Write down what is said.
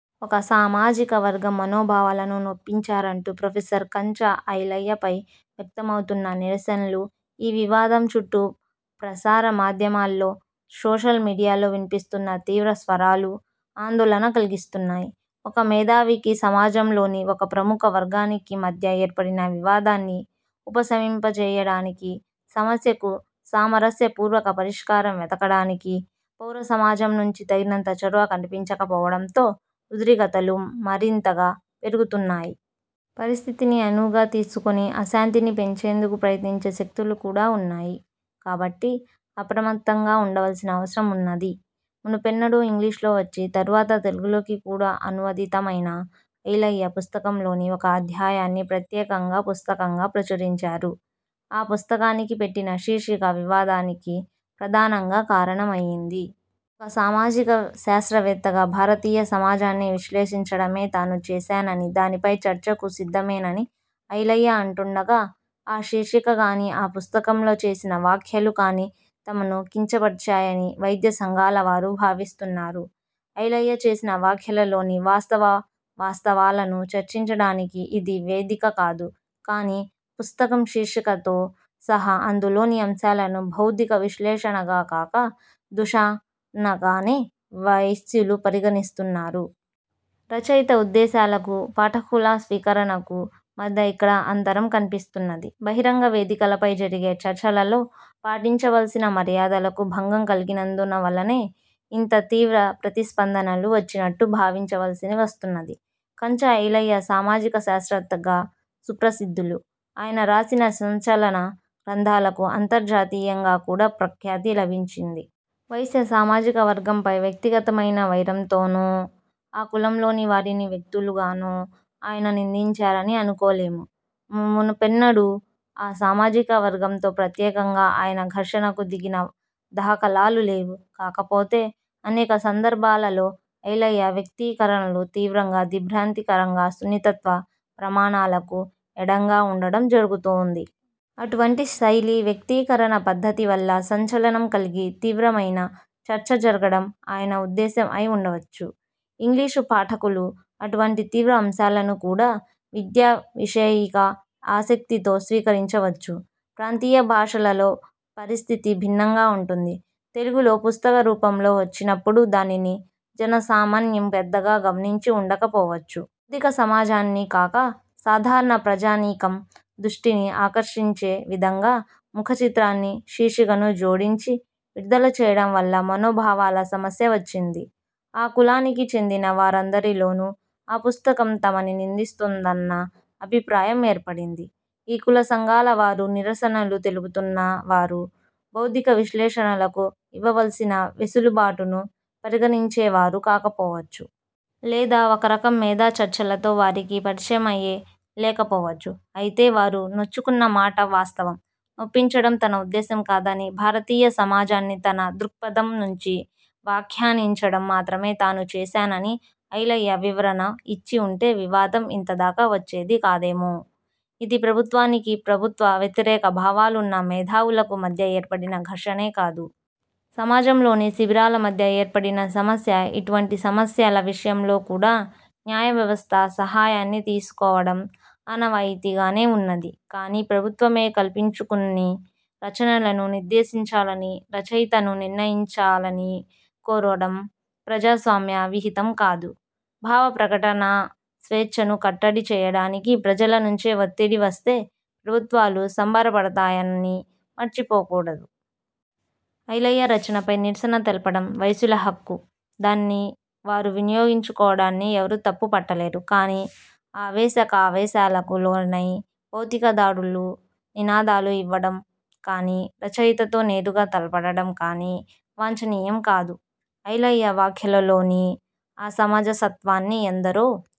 ఒక సామాజిక వర్గం మనోభావాలను నొప్పించారంటూ ప్రొఫెసర్ కంచ ఐలయ్యపై వ్యక్తమవుతున్న నిరసనలు, ఈ వివాదం చుట్టూ ప్రసారమాధ్యమాల్లో, సోషల్ మీడియాలో వినిపిస్తున్న తీవ్రస్వరాలు ఆందోళన కలిగిస్తున్నాయి. ఒక మేధావికి, సమాజంలోని ఒక ప్రముఖ వర్గానికి మధ్య ఏర్పడిన వివాదాన్ని ఉపశమింపజేయడానికి, సమస్యకు సామరస్య పూర్వక పరిష్కారం వెదకడానికి పూరసమాజం నుంచి తగినంత చొరవ కనిపించకపోవడంతో, ఉద్రిక్తతలు మరింతగా పెరుగుతున్నాయి. పరిస్థితిని అనువుగా తీసుకుని, అశాంతిని పెంచేందుకు ప్రయత్నించే శక్తులు కూడా ఉన్నాయి కాబట్టి, అప్రమత్తంగా ఉండవలసిన అవసరం ఉన్నది. మునుపెన్నడో ఇంగ్లీషులో వచ్చి, తరువాత తెలుగులోకి కూడా అనువదితమయిన ఐలయ్య పుస్తకంలోని ఒక అధ్యాయాన్ని ప్రత్యేకంగా పుస్తకంగా ప్రచురించారు. ఆ పుస్తకానికి పెట్టిన శీర్షిక వివాదానికి ప్రధానంగా కారణమయింది. ఒక సామాజిక శాస్త్రవేత్తగా భారతీయ సమాజాన్ని విశ్లేషించడమే తాను చేశానని, దానిపై చర్చకు సిద్ధమేనని ఐలయ్య అంటుండగా, ఆ శీర్షికగానీ, ఆ పుస్తకంలో చేసిన వ్యాఖ్యలు కానీ తమను కించపరిచాయని వైశ్యసంఘాల వారు భావిస్తున్నారు. ఐలయ్య చేసిన వ్యాఖ్యలలోని వాస్తవా వాస్తవాలను చర్చించడానికి ఇది వేదిక కాదు కానీ, పుస్తకం శీర్షికతో సహా అందులోని అంశాలను బౌద్ధిక విశ్లేషణగా కాక, దూషణగానే వైశ్యులు పరిగణిస్తున్నారు. రచయిత ఉద్దేశాలకు, పాఠకుల స్వీకరణకు మధ్య ఇక్కడ అంతరం కనిపిస్తున్నది. బహిరంగ వేదికలపై జరిగే చర్చలలో పాటించవలసిన మర్యాదలకు భంగం కలిగినందువల్లనే ఇంత తీవ్ర ప్రతిస్పందనలు వచ్చినట్టు భావించవలసి వస్తున్నది. కంచ ఐలయ్య సామాజిక శాస్త్రవేత్తగా సుప్రసిద్ధులు. ఆయన రాసిన సంచలన గ్రంథాలకు అంతర్జాతీయంగా కూడా ప్రఖ్యాతి లభించింది. వైశ్య సామాజిక వర్గంపై వ్యక్తిగతమైన వైరంతోనో, ఆ కులంలోని వారిని వ్యక్తులుగానో ఆయన నిందించారని అనుకోలేము. మునుపు ఎన్నడూ ఆ సామాజిక వర్గంతో ప్రత్యేకంగా ఆయన ఘర్షణకు దిగిన దాఖలాలు లేవు. కాకపోతే, అనేక సందర్భాలలో ఐలయ్య వ్యక్తీకరణలు తీవ్రంగా, దిగ్బ్రాంతికరంగా, సున్నితత్వ ప్రమాణాలకు ఎడంగా ఉండడం జరుగుతోంది. అటువంటి శైలి, వ్యక్తీకరణ పద్ధతి వల్ల సంచలనం కలిగి, తీవ్రమయిన చర్చ జరగడం ఆయన ఉద్దేశం అయి ఉండవచ్చు. ఇంగ్లీషు పాఠకులు అటువంటి తీవ్ర అంశాలను కూడా విద్యావిషయిక ఆసక్తితో స్వీకరించవచ్చు. ప్రాంతీయభాషలలో పరిస్థితి భిన్నంగా ఉంటుంది. తెలుగులో పుస్తకరూపంలో వచ్చినప్పుడు దానిని జనసామాన్యం పెద్దగా గమనించి ఉండకపోవచ్చు. బౌద్ధిక సమాజాన్ని కాక, సాధారణ ప్రజానీకం దృష్టిని ఆకర్షించే విధంగా ముఖచిత్రాన్ని, శీర్షికను జోడించి విడుదల చేయడం వల్ల, మనోభావాల సమస్య వచ్చింది. ఆ కులానికి చెందిన వారందరిలోనూ, ఆ పుస్తకం తమని నిందిస్తోందన్న అభిప్రాయం ఏర్పడింది. ఈ కులసంఘాల వారు, నిరసనలు తెలుపుతున్న వారు బౌద్ధిక విశ్లేషణలకు ఇవ్వవలసిన వెసులుబాటును పరిగణించేవారు కాకపోవచ్చు. లేదా ఒకరకం మేధాచర్చలతో వారికి పరిచయమే లేకపోవచ్చు. అయితే, వారు నొచ్చుకున్న మాట వాస్తవం. నొప్పించడం తన ఉద్దేశం కాదని, భారతీయ సమాజాన్ని తన దృక్పథం నుంచి వ్యాఖ్యానించడం మాత్రమే తాను చేశానని ఐలయ్య వివరణ ఇచ్చి ఉంటే వివాదం ఇంతదాకా వచ్చేది కాదేమో? ఇది ప్రభుత్వానికి, ప్రభుత్వ వ్యతిరేక భావాలున్న మేధావులకు మధ్య ఏర్పడిన ఘర్షనే కాదు. సమాజంలోని శిబిరాల మధ్య ఏర్పడిన సమస్య. ఇటువంటి సమస్యల విషయంలో కూడా న్యాయవ్యవస్థ సహాయాన్ని తీసుకోవడం ఆనవాయితీగానే ఉన్నది. కానీ, ప్రభుత్వమే కల్పించుకుని రచనలను నిషేధించాలని, రచయితను నియంత్రించాలని కోరడం ప్రజాస్వామ్య విహితం కాదు. భావప్రకటనా స్వేచ్ఛను కట్టడి చేయడానికి ప్రజల నుంచే ఒత్తిడి వస్తే, ప్రభుత్వాలు సంబరపడతాయని మరచిపోకూడదు. ఐలయ్య రచనపై నిరసన తెలపడం వైశ్యుల హక్కు, దాన్ని వారు వినియోగించుకోవడాన్ని ఎవరూ తప్పు పట్టలేరు. కానీ, ఆవేశకావేశాలకు లోనయి భౌతిక దాడుల నినాదాలు యివ్వడం కానీ, రచయితతో నేరుగా తలపడడం కానీ వాంఛనీయం కాదు. ఐలయ్య వ్యాఖ్యలలోని అసమంజసత్వాన్ని ఎందరో